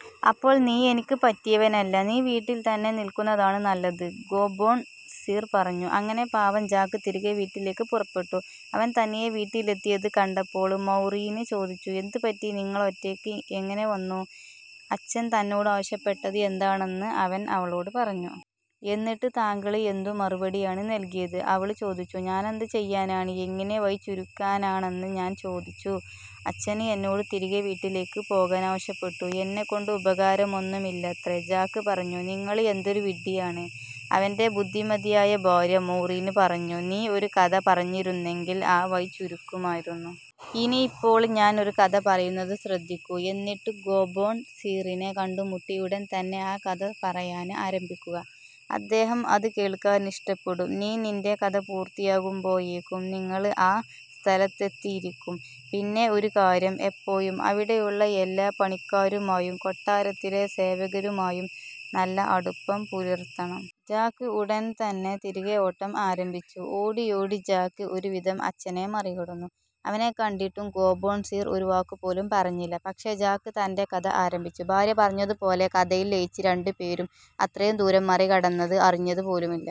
" "അപ്പോൾ നീ എനിക്ക് പറ്റിയവനല്ല, നീ വീട്ടിൽ തന്നെ നിൽക്കുന്നതാണ് നല്ലത്. " ഗോബ്ബോൺ സീർ പറഞ്ഞു. അങ്ങനെ പാവം ജാക്ക് തിരികെ വീട്ടിലേയ്ക്ക് പുറപ്പെട്ടു. അവൻ തനിയെ വീട്ടിലെത്തിയത് കണ്ടപ്പോള് മൌറീന് ചോദിച്ചു, "എന്തുപറ്റി, നിങ്ങള് ഒറ്റയ്ക്ക് എങ്ങനെ വന്നു? " അച്ഛൻ തന്നോട് ആവശ്യപ്പെട്ടത് എന്താണെന്ന് അവൻ അവളോട് പറഞ്ഞു. "എന്നിട്ട്? താങ്കള് എന്തു മറുപടിയാണ് നല്കിയത്? " അവള് ചോദിച്ചു. "ഞാനെന്ത് ചെയ്യാനാണ്? എങ്ങിനെ വഴി ചുരുക്കാനാണെന്ന് ഞാന് ചോദിച്ചു. അച്ഛന് എന്നോടു തിരികെ വീട്ടിലേയ്ക്ക് പോകാനാവശ്യപ്പെട്ടു. എന്നെകൊണ്ട് ഉപകാരമൊന്നുമില്ലത്രേ! " ജാക്ക് പറഞ്ഞു. "നിങ്ങള് എന്തൊരു വിഡ്ഢിയാണ്? " അവന്റെ ബുദ്ധിമതിയായ ഭാര്യ, മൌറീന് പറഞ്ഞു, "നീ ഒരു കഥ പറഞ്ഞിരുന്നെങ്കിൽ ആ വഴി ചുരുക്കുമായിരുന്നു! ഇനിയിപ്പോള് ഞാൻ ഒരു കഥ പറയുന്നത് ശ്രദ്ധിക്കൂ, എന്നിട്ട് ഗോബ്ബോൺ സീറിനെ കണ്ടുമുട്ടി ഉടൻ തന്നെ ആ കഥ പറയാന് ആരംഭിക്കുക. അദ്ദേഹം അത് കേൾക്കാൻ ഇഷ്ടപ്പെടും, നീ നിന്റെ കഥ പൂർത്തിയാകുമ്പോഴേക്കും നിങ്ങള് ആ സ്തലത്തെത്തിയിരിക്കും. പിന്നെ ഒരു കാര്യം, എപ്പോഴും അവിടെയുള്ള എല്ലാ പണിക്കാരുമായും, കൊട്ടാരത്തിലെ സേവകരുമായും നല്ല അടുപ്പം പുലര്ത്തണം. " ജാക്ക് ഉടന് തന്നെ തിരികെ ഓട്ടം ആരഭിച്ചു. ഓടിയോടി ജാക്ക് ഒരു വിധം അച്ഛനെ മറികടന്നു. അവനെ കണ്ടിട്ടും ഗോബ്ബോൺ സീർ ഒരു വാക്കുപോലും പറഞ്ഞില്ല, പക്ഷേ ജാക്ക് തന്റെ കഥ ആരംഭിച്ചു, ഭാര്യ പറഞ്ഞതുപോലെ കഥയില് ലയിച്ച് രണ്ടു പേരും അത്രയും ദൂരം മറികടന്നത് അറിഞ്ഞത് പോലുമില്ല.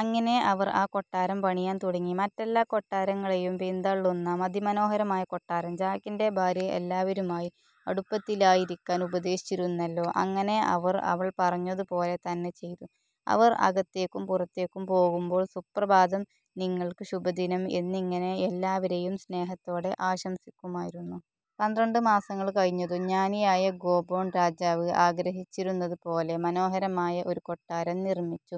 അങ്ങിനെ അവർ ആ കൊട്ടാരം പണിയാൻ തുടങ്ങി. മറ്റെല്ലാ കൊട്ടാരങ്ങളെയും പിന്തള്ളുന്ന അതിമനോഹരമായ കൊട്ടാരം! ജാക്കിന്റെ ഭാര്യ എല്ലാവരുമായി അടുപ്പത്തിലായിരിക്കാൻ ഉപദേശിച്ചിരുന്നല്ലോ? അങ്ങനെ അവർ അവൾ പറഞ്ഞതുപോലെ തന്നെ ചെയ്തു, അവർ അകത്തേക്കും പുറത്തേക്കും പോകുമ്പോൾ "സുപ്രഭാതം", "നിങ്ങൾക്ക് ശുഭദിനം" എന്നിങ്ങനെ എല്ലാവരെയും സ്നേഹത്തോടെ ആശംസിക്കുമായിരുന്നു. പന്ത്രണ്ട് മാസങ്ങള് കഴിഞ്ഞതും, ജ്ഞാനിയായ ഗോബ്ബോൺ രാജാവ് ആഗ്രഹിച്ചിരുന്നത് പോലെ മനോഹരമായ ഒരു കൊട്ടാരം നിർമ്മിച്ചു,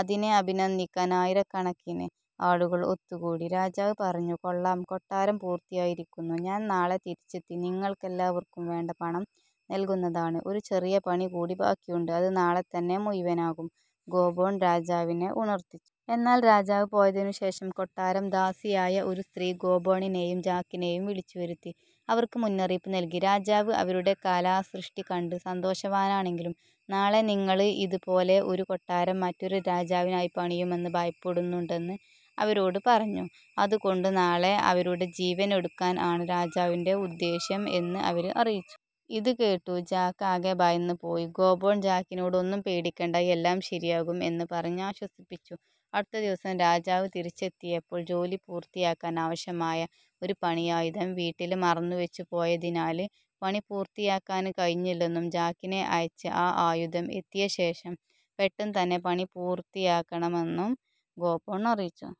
അതിനെ അഭിനന്ദിക്കാൻ ആയിരക്കണക്കിന് ആളുകൾ ഒത്തുകൂടി. രാജാവ് പറഞ്ഞു: "കൊള്ളാം. കൊട്ടാരം പൂർത്തിയായിരിക്കുന്നു. ഞാൻ നാളെ തിരിച്ചെത്തി നിങ്ങൾക്കെല്ലാവർക്കും വേണ്ട പണം നൽകുന്നതാണ്. " "ഒരു ചെറിയ പണി കൂടി ബാക്കിയുണ്ട്, അത് നാളെ തന്നെ മുഴുവനാകും" ഗോബ്ബോൺ രാജാവിനെ ഉണര്ത്തിച്ചു. എന്നാൽ രാജാവ് പോയതിനുശേഷം, കൊട്ടാരം ദാസിയായ ഒരു സ്ത്രീ ഗോബ്ബോണിനെയും ജാക്കിനെയും വിളിച്ചുവരുത്തി. അവർക്ക് മുന്നറിയിപ്പ് നല്കി. രാജാവ് അവരുടെ കലാസൃഷ്ടി കണ്ട് സന്തോഷവാനാണെങ്കിലും, നാളെ നിങ്ങള് ഇത് പോലെ ഒരു കൊട്ടാരംമറ്റൊരു രാജാവിനായി പണിയുമെന്ന് ഭയപ്പെടുന്നുണ്ടെന്ന് അവരോട് പറഞ്ഞു. അത് കൊണ്ട് നാളെ അവരുടെ ജീവൻ എടുക്കാൻ ആണ് രാജാവിന്റെ ഉദ്ദേശ്യം എന്ന് അവര് അറിയിച്ചു. ഇത് കേട്ടു ജാക്ക് ആകെ ഭയന്ന് പോയി. ഗോബ്ബോൺ ജാക്കിനോട് ഒന്നും പേടിക്കേണ്ട, എല്ലാം ശരിയാകും എന്ന് പറഞ്ഞ് ആശ്വസിപ്പിച്ചു. അടുത്ത ദിവസം രാജാവ് തിരിച്ചെത്തിയപ്പോൾ, ജോലി പൂർത്തിയാക്കാൻ ആവശ്യമായ ഒരു പണിയായുധം വീട്ടില് മറന്നു വെച്ചു പോയതിനാല് പണി പൂര്ത്തിയാക്കാന് കഴിഞ്ഞില്ലെന്നും, ജാക്കിനെ അയച്ച് ആ ആയുധം എത്തിയ ശേഷം പെട്ടെന്ന് തന്നെ പണി പൂരത്തിയാക്കാമെന്നും ഗോബ്ബോൺ അറിയിച്ചു.